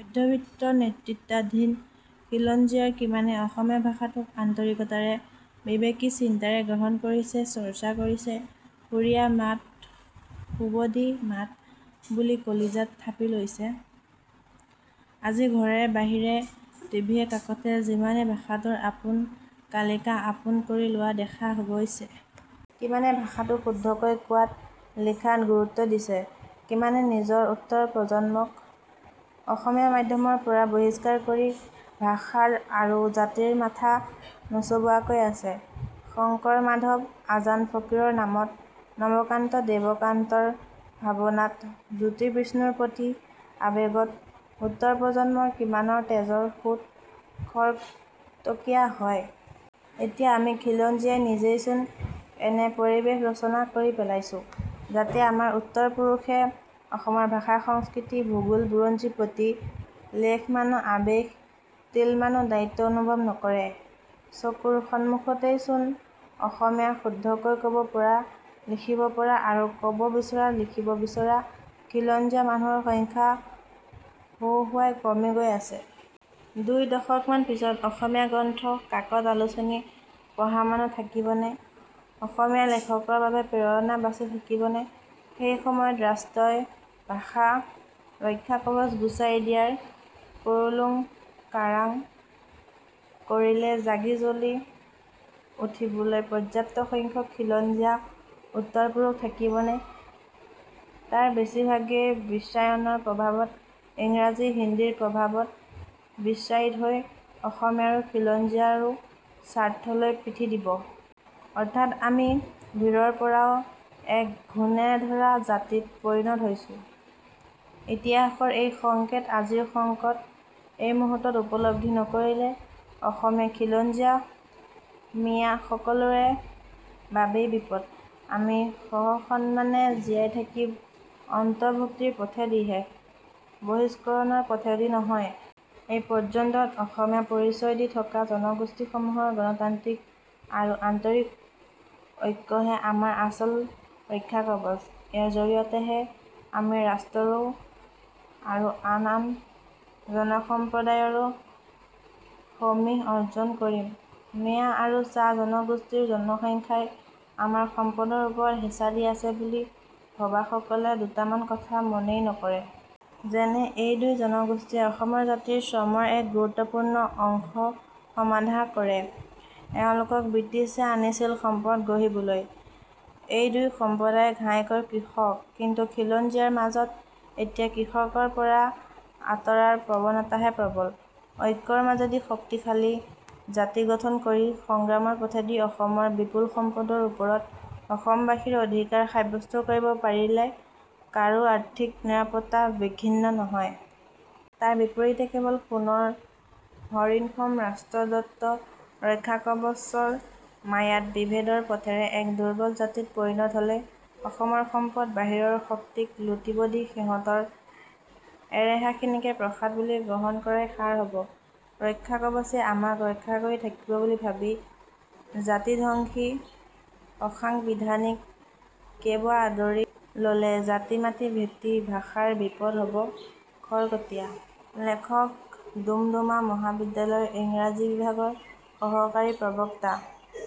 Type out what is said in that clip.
মধ্যবিত্ত নেতৃত্বাধীন খিলঞ্জীয়াৰ কিমানে অসমীয়া ভাষাটোক আন্তৰিকতাৰে বিবেকী চিন্তাৰে গ্ৰহণ কৰিছে, চৰ্চা কৰিছে, সুৰীয়া মাত, সুৱদী মাত বুলি কলিজাত থাপি লৈছে? আজি ঘৰে-বাহিৰে, টিভিয়ে-কাকতে কিমানে ভাষাটোৰ আপোন কালিকা আপোন কৰি লোৱা দেখা গৈছে? কিমানে ভাষাটো শুদ্ধকৈ কোৱাত, লিখাত গুৰুত্ব দিছে? কিমানে নিজৰ উত্তৰ প্ৰজন্মক অসমীয়া মাধ্যমৰ পৰা বহিষ্কাৰ কৰি ভাষাৰ আৰু জাতিৰ মাথা নোচোবোৱাকৈ আছে? শংকৰ-মাধৱ, আজান ফকীৰৰ নামত, নৱকান্ত-দেৱকান্তৰ ভাৱনাত, জ্যোতি-বিষ্ণুৰ প্ৰতি আবেগত উত্তৰ প্ৰজন্মৰ কিমানৰ তেজৰ সোঁত খৰতকীয়া হয়? এতিয়া আমি খিলঞ্জীয়াই নিজেইচোন এনে পৰিৱেশ ৰচনা কৰি পেলাইছোঁ যাতে আমাৰ উত্তৰ পুৰুষে অসমৰ ভাষা, সংস্কৃতি, ভূগোল, বুৰঞ্জীৰ প্ৰতি লেশমানো আৱেগ, তিলমানো দায়িত্ব অনুভৱ নকৰে। চকুৰ সমুখতেইচোন অসমীয়া শুদ্ধকৈ ক'ব পৰা, লিখিব পৰা আৰু ক'ব বিচৰা, লিখিব বিচৰা খিলঞ্জীয়া মানুহৰ সংখ্যা হোহোৱাই কমি গৈ আছে। দুই দশকমান পিছত অসমীয়া গ্ৰন্থ, কাকত, আলোচনী পঢ়া মানুহ থাকিবনে? অসমীয়া লেখকৰ বাবে প্ৰেৰণা বাচি থাকিবনে? সেই সময়ত ৰাষ্ট্ৰই ভাষাৰ ৰক্ষাকৱচ গুচাই দিয়াৰ কুৰুংকাৰাং কৰিলে জাগি-জ্বলি উঠিবলৈ পৰ্যাপ্ত সংখ্যক খিলঞ্জীয়া উত্তৰ পুৰুষ থাকিবনে নে তাৰ বেছিভাগেই বিশ্বায়নৰ প্ৰভাৱত ইংৰাজী-হিন্দীৰ প্ৰভাৱত বিশ্বায়িত হৈ অসমীয়াৰো খিলঞ্জীয়াৰো স্বাৰ্থলৈ পিঠি দিব? অৰ্থাৎ আমি ভিতৰৰ পৰাও এক ঘূণে ধৰা জাতিত পৰিণত হৈছোঁ। ইতিহাসৰ এই সংকেত আজিৰ সংকট মুহূৰ্তত উপলব্ধি নকৰিলে অসমীয়া, খিলঞ্জীয়া, মিঞা সকলোৰে বাবেই বিপদ। আমি সসন্মানে জীয়াই থাকিম অন্তৰ্ভুক্তিৰ পথেদিহে, বহিষ্কৰণৰ পথেদি নহয়। এই পৰ্যন্ত অসমীয়া পৰিচয় দি থকা জনগোষ্ঠীসমূহৰ গণতান্ত্ৰিক আৰু আন্তৰিক ঐক্যহে আমাৰ আচল ৰক্ষাকৱচ। ইয়াৰ জৰিয়তেহে আমি ৰাষ্ট্ৰৰো আৰু আন আন জনসম্প্ৰদায়ৰো সমীহ অৰ্জন কৰিম। মিঞা আৰু চাহ জনগোষ্ঠীৰ জনসংখ্যাই আমাৰ সম্পদৰ ওপৰত হেঁচা দি আছে বুলি ভবাসকলে দুটামান কথা মনেই নকৰে। যেনে: এই দুই জনগোষ্ঠীয়ে অসমৰ জাতীয় শ্ৰমৰ এক গুৰুত্বপুৰ্ণ অংশ সমাধা কৰে। এওঁলোকক ব্ৰিটিছে আনিছিল সম্পদ গঢ়িবলৈ। এই দুই সম্প্ৰদায় ঘাইকৈ কৃষক। কিন্তু খিলঞ্জীয়াৰ মাজত এতিয়া কৃষিৰ পৰা আঁতৰাৰ প্ৰৱণতাহে প্ৰবল। ঐক্যৰ মাজেদি শক্তিশালী জাতি গঠন কৰি সংগ্ৰামৰ পথেদি অসমৰ বিপুল সম্পদৰ ওপৰত অসমবাসীৰ অধিকাৰ সাব্যস্ত কৰিব পাৰিলে কাৰো আৰ্থিক নিৰাপত্তা বিঘ্ ন নহয়। তাৰ বিপৰীতে কেৱল সোণৰ হৰিণসম ৰাষ্ট্ৰদত্ত ৰক্ষাকৱচৰ মায়াত বিভেদৰ পথেৰে এক দুৰ্বল জাতিত পৰিণত হ'লে অসমৰ সম্পদ বাহিৰৰ শক্তিক লুটিব দি সিহঁতৰ এৰেহাখিনিকে প্ৰসাদ বুলি গ্ৰহণ কৰাই সাৰ হ'ব। ৰক্ষাকৱচে আমাক ৰক্ষা কৰি থাকিব বুলি ভাবি জাতিধ্বংসী অসাংবিধানিক কেব আদৰি ললে জাতি, মাটি, ভেটি, ভাষাৰ বিপদ হ'ব খৰতকীয়া। লেখক ডুমডুমা মহাবিদ্যালয়ৰ ইংৰাজী বিভাগৰ সহকাৰী প্ৰবক্তা।